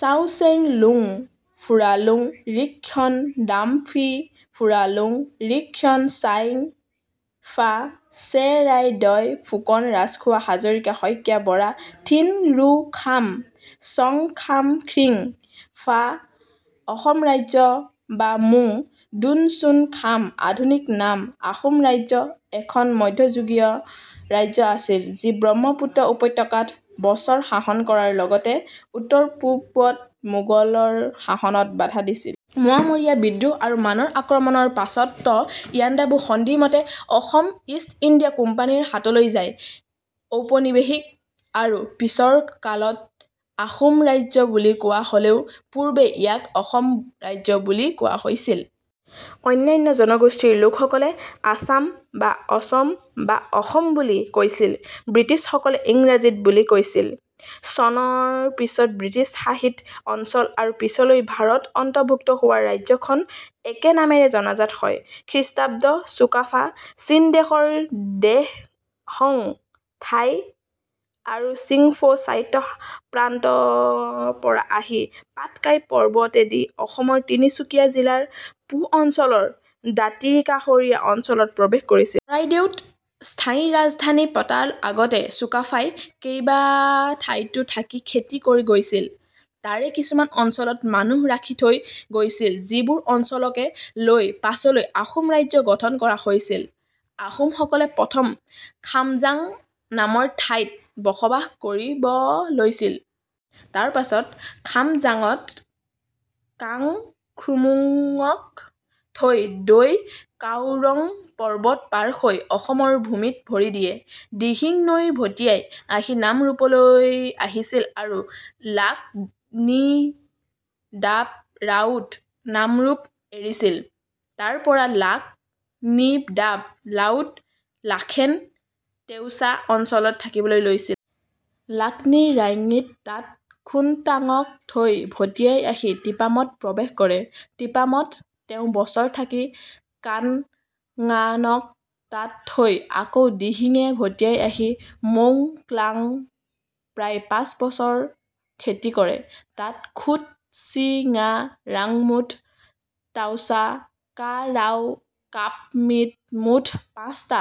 ছাও-চেং-লুং ফুৰালুং ৰিক-খ্বন ডাম-ফী ফুৰালুং ৰিক-খ্বন চায়-ফা চে-ৰাই-ডয় ফুকন ৰাজখোৱা হাজৰিকা শইকীয়া বৰা থিন ৰু খাম চং-খাম খ্ৰীং-ফা অসম ৰাজ্য বা মু'ঙ দুন চুন খাম আধুনিক নাম আহোম ৰাজ্য এখন মধ্যযুগীয় ৰাজ্য আছিল যি ব্ৰহ্মপুত্ৰ উপত্যকা ত বছৰ শাসন কৰাৰ লগতে উত্তৰ-পূব ত মোগলৰ শাসনত বাধা দিছিল। মোৱামৰীয়া বিদ্ৰোহ আৰু মানৰ আক্ৰমণ ৰ পাছত ত ইয়াণ্ডাবু সন্ধি মতে অসম ইষ্ট ইণ্ডিয়া কোম্পানী ৰ হাতলৈ যায়। ঔপনিবেশিক আৰু পিছৰ কালত আহোম ৰাজ্য বুলি কোৱা হ'লেও পূৰ্বে ইয়াক অসম ৰাজ্য বুলি কোৱা হৈছিল। অন্যান্য জনগোষ্ঠীৰ লোকসকলে আচাম বা অচম বা অসম বুলি কৈছিল। ব্ৰিটিছ সকলে ইংৰাজীত বুলি কৈছিল। চনৰ পিছত ব্ৰিটিছ শাসিত অঞ্চল আৰু পিছলৈ ভাৰত অন্তৰ্ভুক্ত হোৱা ৰাজ্যখন একে নামেৰে জনাজাত হয়। খ্ৰীষ্টাব্দত চুকাফা, চীনদেশৰ দেহ'ঙ টাই আৰু চিংফৌ স্বায়ত্ব প্ৰান্ত পৰা আহি পাটকাই পৰ্বতেদি অসমৰ তিনিচুকীয়া জিলাৰ পুহ অঞ্চলৰ দাতিকাষৰীয়া অঞ্চলত প্ৰৱেশ কৰিছিল। চৰাইদেউত স্থায়ী ৰাজধানী পতা আগতে চুকাফাই কেইবা ঠাইতো থাকি খেতি কৰি গৈছিল। তাৰে কিছুমান অঞ্চলত মানুহ ৰাখি থৈ গৈছিল যিবোৰ অঞ্চলকে লয় পাছলৈ আহোম ৰাজ্য গঠন কৰা হৈছিল। আহোম সকলে প্ৰথম খামজাং নামৰ ঠাইত বসবাস কৰিব লৈছিল। তাৰ পাছত খামজাঙত কাঙখ্ৰুমুঙক থৈ দৈ-কাওৰং পৰ্বত পাৰ হৈ অসমৰ ভূমিত ভৰি দিয়ে। দিহিং নৈ ভটিয়াই আহি নামৰূপলৈ আহিছিল আৰু লাক-নি দাপ ৰাওত নামৰূপ এৰিছিল। তাৰ পৰা লাক-নি দাপ লাওত লাখেন তেউচা অঞ্চলত থাকিব লৈছিল। লাক-নি ৰাইঙীত তাত খোনতাঙক থৈ ভটিয়াই আহি তিপামত প্ৰৱেশ কৰে। তিপামত তেওঁ বছৰ থাকি কানঙানক তাত থৈ আকৌ দিহিঙে ভটিয়াই আহি মৌঙ ক্লাঙ প্ৰায় পাঁচবছৰ খেতি কৰে। তাত খুঁত চি ঙা, ৰাংমুত, তাওছা, কা ৰাও, কাপ মিত মুঠ পাঁচটা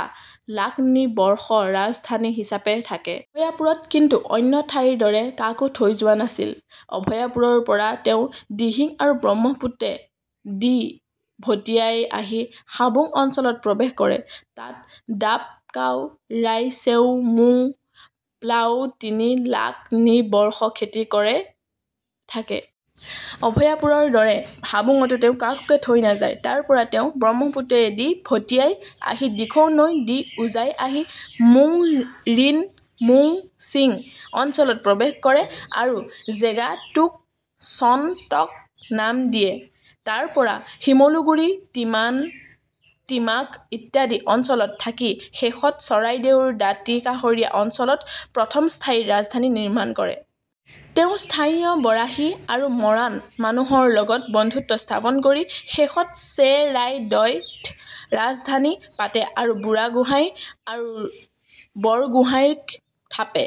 লাক-নি বৰ্ষ ৰাজধানী হিচাপে থাকে। অভয়াপুৰত কিন্তু অন্য ঠাইৰ দৰে কাকো থৈ যোৱা নাছিল। অভয়াপুৰৰ পৰা তেওঁ দিহিং আৰু ব্ৰহ্মপুত্ৰে দি ভটিয়াই আহি হাবুং অঞ্চলত প্ৰৱেশ কৰে। তাতে দাপ কাও, ৰাই-ছেও, মুঙ প্লাও তিনি লাক-নি বৰ্ষ খেতি কৰি থাকে। অভয়াপুৰৰ দৰে হাবুঙতো তেওঁ কাকোকে থৈ নাযায়। তাৰ পৰা তেওঁ ব্ৰহ্মপুত্ৰয়ে দি ভটিয়াই আহি দিখৌ নৈ দি উজাই আহি মোঙ-ৰিণ-মোঙ-চিং অঞ্চলত প্ৰৱেশ কৰে আৰু জেগা টোক চন-টক নাম দিয়ে। তাৰ পৰা শিমলুগুৰি, টিমান, টিমাক, ইত্যাদি অঞ্চলত থাকি শেষত চৰাইদেউৰ দাতিকাষৰীয়া অঞ্চলত প্ৰথম স্থায়ী ৰাজধানী নিৰ্মাণ কৰে। তেওঁ স্থানীয় বৰাহী আৰু মৰাণ মানুহৰ লগত বন্ধুত্ব স্থাপন কৰি শেষত ছে ৰাই দয় ত ৰাজধানী পাতে আৰু বুঢ়াগোহাঁই আৰু বৰগোহাঁই ক থাপে।